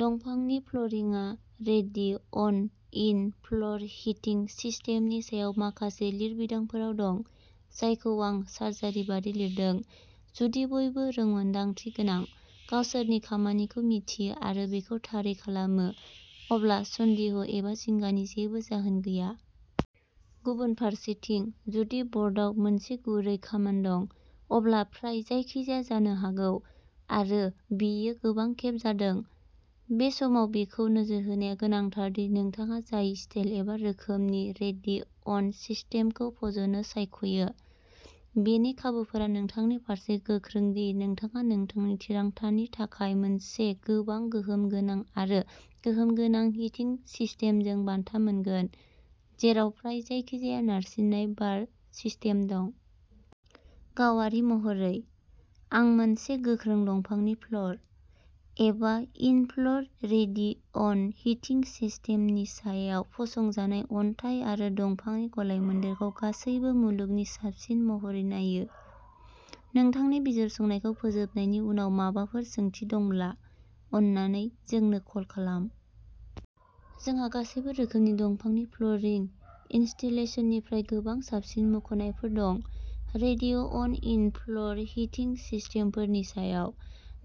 दंफांनि फ्ल'रिंआ radiant in-floor hitting सिस्टेमनि सायाव माखासे लिरबिदांफोराव दं, जायखौ आं सार्जारि बायदि लिरदों। जुदि बयबो रोंमोन्दांथि गोनां, गावसोरनि खामानिखौ मिथियो आरो बेखौ थारै खालामो, अब्ला सन्देह' एबा जिंगानि जेबो जाहोन गैया। गुबुन फारसेथिं, जुदि ब'र्डआव मोनसे गुरै कामान दं, अब्ला फ्राय जायखिजाया जानो हागौ, आरो बेयो गोबां खेब जादों। बे समाव बेखौ नोजोर होनाया गोनांथार दि नोंथाङा जाय स्टाइल एबा रोखोमनि रेडिअन्ट सिस्टेमखौ फज'नो सायख'यो, बेनि खाबुफोरा नोंथांनि फारसे गोख्रों दि नोंथाङा नोंथांनि थिरांथानि थाखाय मोनसे गोबां गोहोम गोनां आरो गोहोम गोनां हिटिं सिस्टेमजों बान्था मोनगोन, जेराव फ्राय जायखिजाया नारसिननाय बार सिस्टेम दं। गावारि महरै, आं मोनसे गोख्रों दंफांनि फ्ल'र, एबा इन-फ्ल'र रेडिअन्ट हिटिं सिस्टेमनि सायाव फसंजानाय अन्थाइ आरो दंफांनि गलायमोन्देरखौ गासैबो मुलुगनि साबसिन महरै नायो। नोंथांनि बिजिरसंनायखौ फोजोबनायनि उनाव माबाफोर सोंथि दंब्ला, अन्नानै जोंनो कल खालाम। जोंहा गासैबो रोखोमनि दंफांनि फ्ल'रिं इनस्टलेशननिफ्राय गोबां साबसिन मुंख'नायफोर दं, रेडिअन्ट इन-फ्ल'र हिटिं सिस्टेमफोरनि सायाव,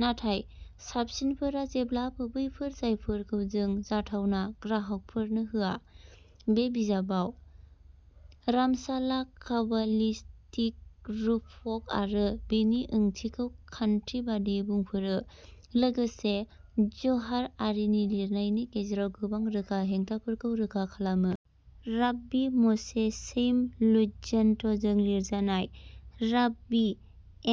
नाथाय साबसिनफोरा जेब्लाबो बैफोर जायफोरखौ जों जाथावना ग्राहकफोरनो होआ। बे बिजाबाव, रामचाला काबालिस्टिक रुपक आरो बेनि ओंथिखौ खान्थि बायदियै बुंफोरो, लोगोसे ज'हार आरिनि लिरनायनि गेजेराव गोबां रोखा हेंथाफोरखौ रोखा खालामो। राब्बी म'शे चैम लुज्जात्त'जों लिरजानाय, राब्बी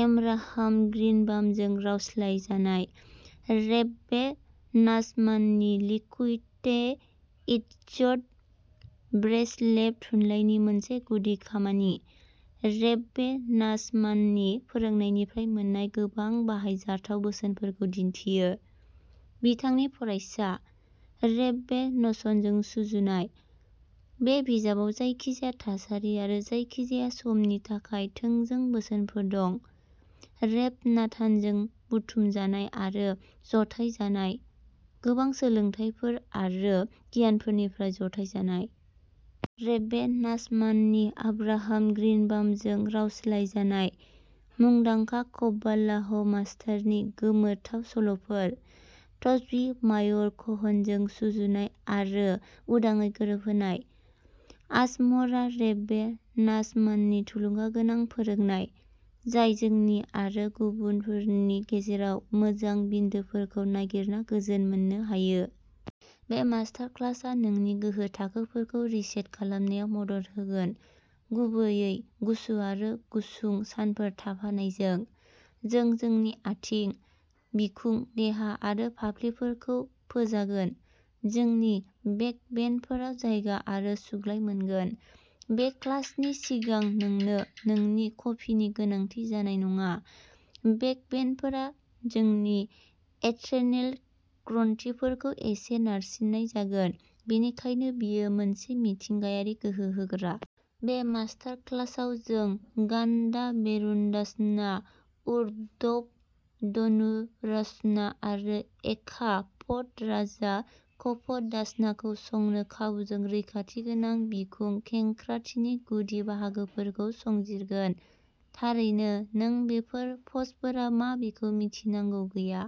एमराहाम ग्रीनबामजों रावस्लायजानाय। रेब्बे नाचमाननि लिकुटेइ इटज'ट, ब्रेसलेभ थुनलाइनि मोनसे गुदि खामानि, रेब्बे नाचमाननि फोरोंनायनिफ्राय मोन्नाय गोबां बाहायजाथाव बोसोनफोरखौ दिन्थियो। बिथांनि फरायसा, रेब्बे न'सनजों सुजुनाय। बे बिजाबाव जायखिजाया थासारि आरो जायखिजाया समनि थाखाय थोंजों बोसोनफोर दं, रेब नातानजों बुथुमजानाय आरो जथायजानाय, गोबां सोलोंथायफोर आरो गियानफोरनिफ्राय जथायजानाय। रेब्बे नाचमाननि अभ्राहाम ग्रीनबामजों रावस्लायजानाय। मुंदांखा कब्बालाह मास्तारनि गोमोथाव सल'फोर। त्सवी मायर क'हनजों सुजुनाय आरो उदाङै गोरोबहोनाय। आजमरा रेब्बे नाचमाननि थुलुंगागोनां फोरोंनाय, जाय जोंनि आरो गुबुनफोरनि गेजेराव मोजां बिन्दोफोरखौ नागिरना गोजोन मोन्नो हायो। बे मास्टार क्लासआ नोंनि गोहो थाखोफोरखौ रिसेट खालामनायाव मदद होगोन, गुबैयै गुसु आरो गुसुं सानफोर थाफानायजों। जों जोंनि आथिं, बिखुं देहा आरो फाफ्लिफोरखौ फोजागोन, जोंनि बेकबेन्डफोराव जायगा आरो सुग्लाय मोनगोन। बे क्लासनि सिगां नोंनो नोंनि कफिनि गोनांथि जानाय नङा, बेकबेन्डफोरा जोंनि एड्रेनेल ग्रन्थिफोरखौ एसे नारसिन्नाय जागोन, बेनिखायनो बेयो मोनसे मिथिंगायारि गोहो होग्रा। बे मास्टार क्लासाव जों घाण्डा भेरुनदासना, उर्ध्व धनुरासना आरो एका पद राजा कप'दासना खौ संनो खाबुजों रैखाथि गोनां बिखुं खेंख्राथिनि गुदि बाहागोफोरखौ संजिरगोन। थारैनो नों बेफोर प'जफोरा मा बेखौ मिन्थिनांगौ गैया।